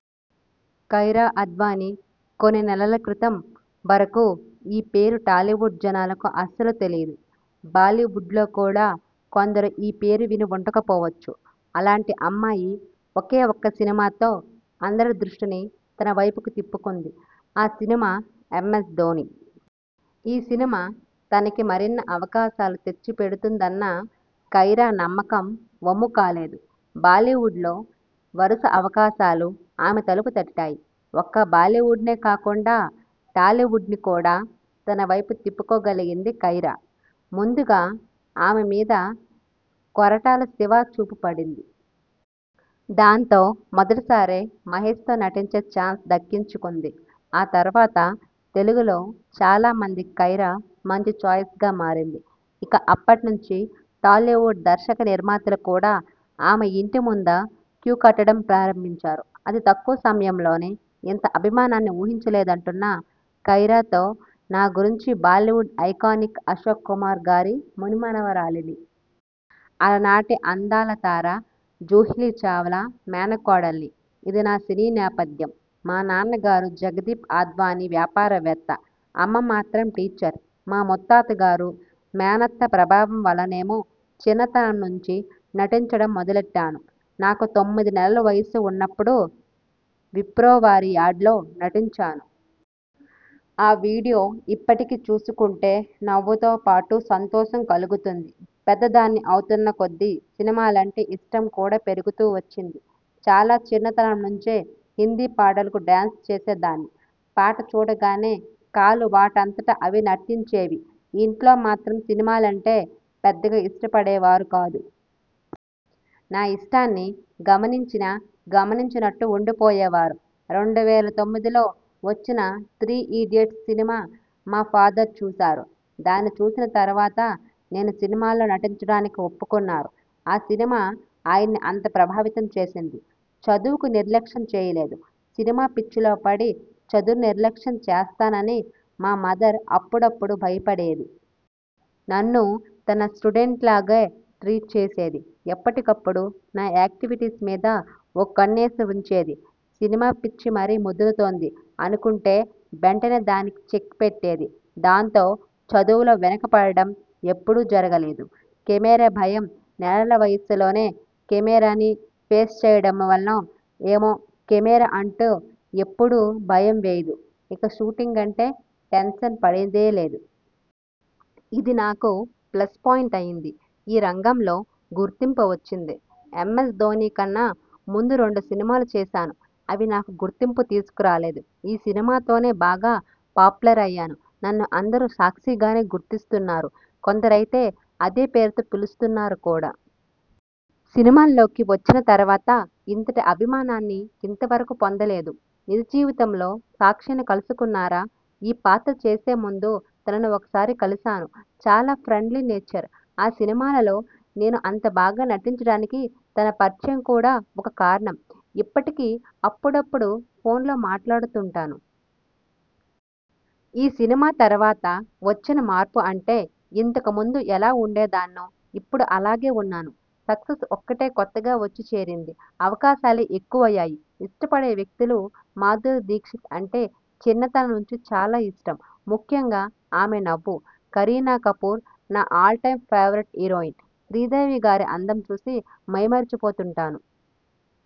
కైరా అద్వాని కొన్ని నెలల క్రితం వరకూ ఈ పేరు టాలీవుడ్ జనాలకు అస్సలు తెలీదు. బాలీవుడ్ లో కూడా కొందరు ఈ పేరు విని ఉండకపోవచ్చు. అలాంటి అమ్మాయి ఒకే ఒక్క సినిమాతో అందరి దృష్టిని తన వైపుకు తిప్పుకుంది. ఆ సినిమా 'ఎంఎస్ ధోని'. ఈ సినిమా తనకి మరిన్ని అవకాశాలు తెచ్చి పెడుతుందన్న కైరా నమ్మకం వమ్ము కాలేదు. బాలీవుడ్లో వరుస అవకాశాలు ఆమె తలుపు తట్టాయి. ఒక్క బాలీవుడ్ నే కాకుండా టాలీవుడ్ ని కూడా తన వైపు తిప్పుకోగలిగింది కైరా. ముందుగా ఆమె మీద కొరటాల శివ చూపు పడింది. దాంతో మొదటిసారే మహేష్ తో నటించే ఛాన్స్ దక్కించుకుంది. ఆ తరువాత తెలుగులో చాలామందికి కైరా మంచి ఛాయిస్ గా మారింది. ఇక అప్పటి నుంచీ టాలీవుడ్ దర్శకనిర్మాతలు కూడా ఆమె ఇంటి ముందు క్యూ కట్టడం ప్రారంభించారు. అతి తక్కువ సమయంలోనే ఇంత అభిమానాన్ని ఊహించలేదంటున్న కైరాతో నా గురించి బాలీవుడ్ ఐకానిక్ అశోక్ కుమార్ గారి ముని మనవరాలిని. అలనాటి అందాల తార జుహీచావ్లా మేనకోడలిని. ఇదీ నా సినీ నేపథ్యం. మా నాన్నగారు జగదీప్ అద్వాని వ్యాపారవేత్త. అమ్మ మాత్రం టీచర్. మా ముత్తాతగారు, మేనత్త ప్రభావం వల్లనేమో చిన్నతనం నుంచీ నటించడం మొదలెట్టాను. నాకు తొమ్మిది నెలల వయస్సు ఉన్నప్పుడు విప్రోవారి యాడ్లో నటించాను. ఆ వీడియో ఇప్పటికీ చూసుకుంటే నవ్వుతో పాటు సంతోషం కలుగుతుంది. పెద్దదాన్ని అవుతున్న కొద్దీ సినిమాలంటే ఇష్టం కూడా పెరుగుతూ వచ్చింది. చాలా చిన్నతనం నుంచే హిందీ పాటలకు డ్యాన్స్ చేసేదాన్ని. పాట చూడగానే కాళ్ళు వాటంతట అవి నర్తించేవి. ఇంట్లో మాత్రం సినిమాలంటే పెద్దగా ఇష్టపడేవారు కాదు. నా ఇష్టాన్ని గమనించినా గమనించనట్టు ఉండిపోయేవారు. రెండు వేల తొమ్మిదిలో వచ్చిన 'త్రీ ఇడియెట్స్' సినిమా మా ఫాదర్ చూశారు. దాన్ని చూసిన తరువాత నేను సినిమాల్లో నటించడానికి ఒప్పుకున్నారు. ఆ సినిమా ఆయన్ని అంత ప్రభావితం చేసింది. చదువును నిర్లక్ష్యం చేయలేదు సినిమా పిచ్చిలో పడి చదువును నిర్లక్ష్యం చేస్తానని మా మదర్ అప్పుడప్పుడు భయపడేది. నన్ను తన స్టూడెంట్లాగే ట్రీట్ చేసేది. ఎప్పటికప్పుడు నా యాక్టివిటీస్ మీద ఓ కన్నేసి ఉంచేది. సినిమా పిచ్చి మరీ ముదురుతోంది అనుకుంటే వెంటనే దానికి చెక్ పెట్టేది. దాంతో చదువులో వెనుకపడడం ఎప్పుడూ జరగలేదు. కెమెరా భయం నెలల వయస్సులోనే కెమెరాని ఫేస్ చేయడం వలనో ఏమో కెమెరా అంటే ఎప్పుడూ భయం వేయదు ఇక షూటింగ్ అంటే టెన్షన్ పడేదీ లేదు. ఇది నాకు ప్లస్ పాయింట్ అయింది. ఈ రంగంలో గుర్తింపు వచ్చింది'ఎం స్ ధోని' కన్నా ముందు రెండు సినిమాలు చేశాను. అవి నాకు గుర్తింపు తీసుకురాలేదు. ఈ సినిమాతోనే బాగా పాపులర్ అయ్యాను. నన్ను అందరూ సాక్షిగానే గుర్తిస్తున్నారు. కొందరయితే అదే పేరుతో పిలుస్తున్నారు కూడా! సినిమాల్లోకి వచ్చిన తరువాత ఇంతటి అభిమానాన్ని ఇంతవరకూ పొందలేదు. నిజజీవితంలో సాక్షిని కలుసుకున్నారా? ఈ పాత్ర చేసేముందు తనని ఒకసారి కలిసాను. చాలా ఫ్రెండ్లీ నేచర్. ఆ సినిమాలో నేను అంత బాగా నటించడానికి తన పరిచయం కూడా ఒక కారణం. ఇప్పటికీ అప్పుడప్పుడు ఫోన్లో మాట్లాడుతుంటాను. ఈ సినిమా తరువాత వచ్చిన మార్పు అంటే ఇంతకు ముందు ఎలా ఉండేదాన్నో ఇప్పుడూ అలాగే ఉన్నాను. సక్సెస్ ఒక్కటే కొత్తగా వచ్చి చేరింది. అవకాశాలు ఎక్కువ అయ్యాయి. ఇష్టపడే వ్యక్తులుమాధురీ దీక్షిత్ అంటే చిన్నతనం నుంచి చాలా ఇష్టం. ముఖ్యంగా ఆమె నవ్వు. కరీనాకపూర్ నా all time favourite heroine. Sridevi గారి అందం చూసి మైమరిచిపోతుంటాను.